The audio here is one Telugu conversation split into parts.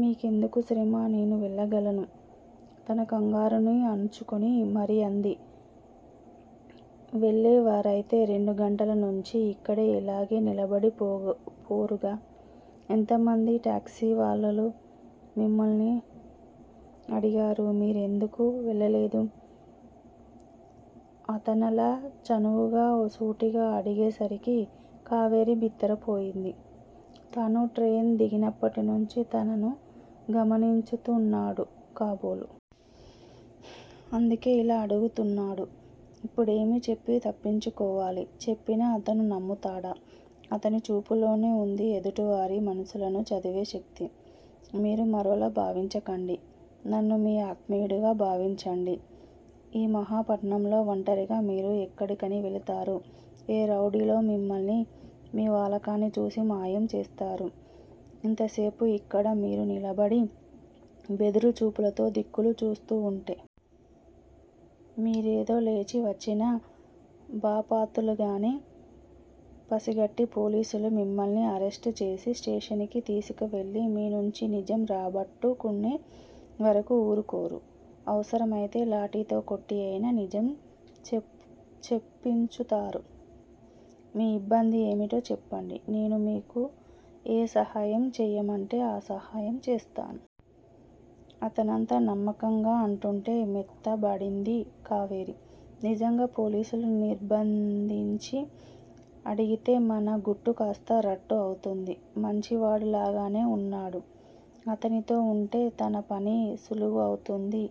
మీకెందుకు శ్రమ! నేను వెళ్ళగలను! తన కంగారుని అణుచుకుని మరీ అంది. వెళ్ళేవారయితే రెండు గంటల నుంచీ యిక్కడే ఇలాగే నిలబడిపోరుగా? ఎంతమంది టాక్సీవాలాలు మిమ్ములను అడిగారు? మీరెందుకు వెళ్ళలేదూ? అతనలా చనువుగా సూటిగా అడిగే సరికి కావేరి బిత్తరపోయింది. తను ట్రైన్ దిగినప్పటినుంచీ తనను గమనించుతున్నాడు కాబోలు! అందుకే అలా అడుగుతున్నాడు? ఇప్పుడేమి చెప్పి తప్పించుకోవాలి? చెప్పినా అతను నమ్ముతాడా? అతని చూపుల్లోనే వుంది ఎదుటి వారి మనసులను చదివే శక్తి! మీరు మరోలా భావించకండి! నన్ను మీ ఆత్మీయుడుగా భావించండి! ఈ మహాపట్నంలో వంటరిగా మీరు ఎక్కడకని వెళతారు? ఏ రౌడీలో మిమ్ములను, మీ వాలకాన్ని చూసి మాయం చేస్తారు ఇంతసేపు యిక్కడ మీరు నిలబడి బెదురుచూపులుతో దిక్కులు చూస్తూ ఉంటే? మీరేదో లేచివచ్చిన బాపతులాగానే పసిగట్టి పోలీసులు మిమ్ములను అరెస్టు చేసి స్టేషన్ కి తీసుకువెళ్ళి మీ నుంచి నిజం రాబట్టు కునే వరకూ ఊరుకోరు! అవసరం అయితే లాఠీలతో కొట్టి అయినా నిజం చెప్పించుతారు మీ యిబ్బంది ఏమిటో చెప్పండి! నేను మీకు ఏ సహాయము చేయమంటే ఆ సహాయం చేస్తాను! అతనంత నమ్మకంగా అంటుంటే మెత్తబడింది కావేరి! నిజంగా పోలీసులు నిర్బంధించి అడిగితే తన గుట్టు కాస్తా రట్టు అవుతుంది. మంచివాడులాగానే వున్నాడు. యితనితో వుంటే తన పని సులువు అవుతుంది.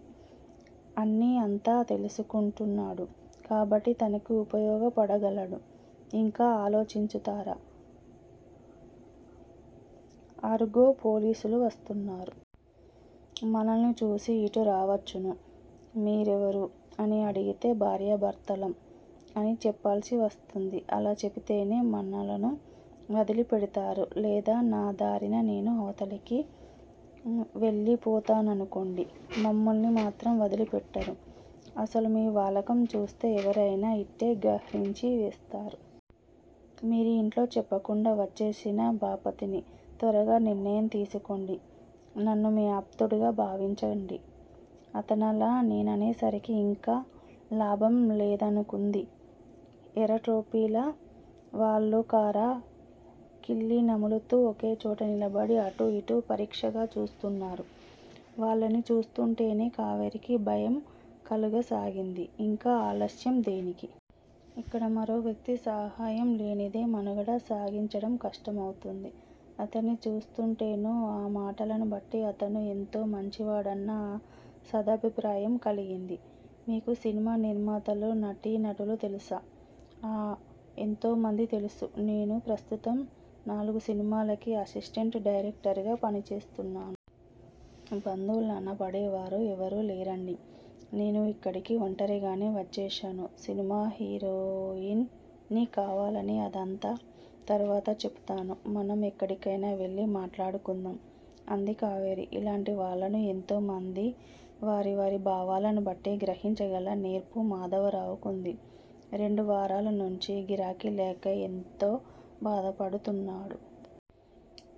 అన్నీ, అంతా తెలుసుకుంటున్నాడు కాబట్టి తనకి ఉపయోగపడగలడు. యింకా ఆలోచించుతున్నారా? అరుగో పోలీసులు వస్తున్నారు. మనలను చూసి యిటు రావచ్చును మీరెవరూ? అని అడిగితే భార్యాభర్తలం అని చెప్పాల్సి వస్తుంది. అలా చెపితేనే మనలను వదిలి పెడతారు. లేదా నా దారిన నేను అవతలికి వెళ్ళిపోతాననుకోండి! మిమ్ములను మాత్రం వదిలిపెట్టరు. అసలు మీ వాలకం చూస్తే ఎవరయినా యిట్టే గ్రహించి వేస్తారు. మీరు ఇంట్లో చెప్పకుండా వచ్చేసిన బాపతనీ! త్వరగా నిర్ణయం తీసుకోండి! నన్ను మీ ఆప్తుడుగా భావించండి! అతనలా అనేసరికి ఇంకా లాభం లేదనుకుంది. ఎర్ర టోపీల వాళ్ళు కారా కిళ్ళీ నములుతూ ఒకేచోట నిలబడి అటుఇటు పరీక్షగా చూస్తున్నారు. వాళ్ళని చూస్తుంటేనే కావేరీకి భయం కలుగసాగింది ఇంకా ఆలస్యం దేనికి? ఇక్కడ మరో వ్యక్తి సహాయం లేనిదే మనుగడ సాగించటం కష్టం అవుతుంది. అతన్ని చూస్తుంటేను, ఆ మాటలను బట్టి అతను ఎంతో మంచివాడన్న సదభిప్రాయం కలిగింది. మీకు సినిమా నిర్మాతలు, నటీ నటులూ తెలుసా? ఆ ఎంతో మంది తెలుసు! నేను ప్రస్తుతం నాలుగుసినిమాలకి అసిస్టెంటు డైరెక్టరుగా పనిచేస్తున్నాను. బంధువులనబడేవారు ఎవరూ లేరండీ? నేను ఇక్కడికి వంటరిగానే వచ్చేశాను. సినిమా హీరోయిన్ ని కావాలని! అదంతా తరువాత చెప్పుతాను మనం ఎక్కడికయినా వెళ్ళి మాట్లాడుకుందాం అంది కావేరి. ఇలాంటి వాళ్ళను ఎంతో మంది వారి వారి భావాలను బట్టి గ్రహించగల నేర్పు మాధవరావుకి వుంది. రెండు వారాలనుంచి గిరాకీలేక ఎంతో బాధపడుతున్నాడు.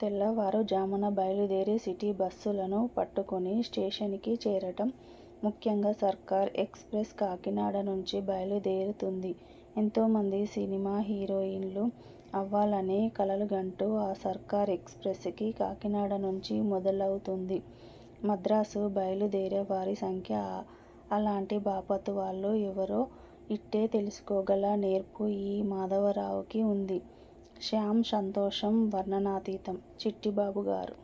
తెల్లవారు ఝామున బయలుదేరి సిటీ బస్సులను పట్టుకుని స్టేషన్ కి చేరటం, ముఖ్యంగా సర్కార్ ఎక్స్ ప్రెస్ కాకినాడ నుంచి బయలు దేరుతుంది. ఎంతోమంది సినిమా హీరోయిన్ లు అవ్వాలని కలలుగంటూ ఆ సర్కార్ ఎక్స్ ప్రెస్ కి కాకినాడనుంచి మొదలవుతుంది మద్రాసు బయలుదేరే వారి సంఖ్య అలాంటి బాపతు వాళ్ళు ఎవరో ఇట్టే తెలుసుకోగల నేర్పు ఈ మాధవరావుకి వుంది. శ్యామ్ సంతోషం వర్ణనాతీతం. చిట్టిబాబుగారూ!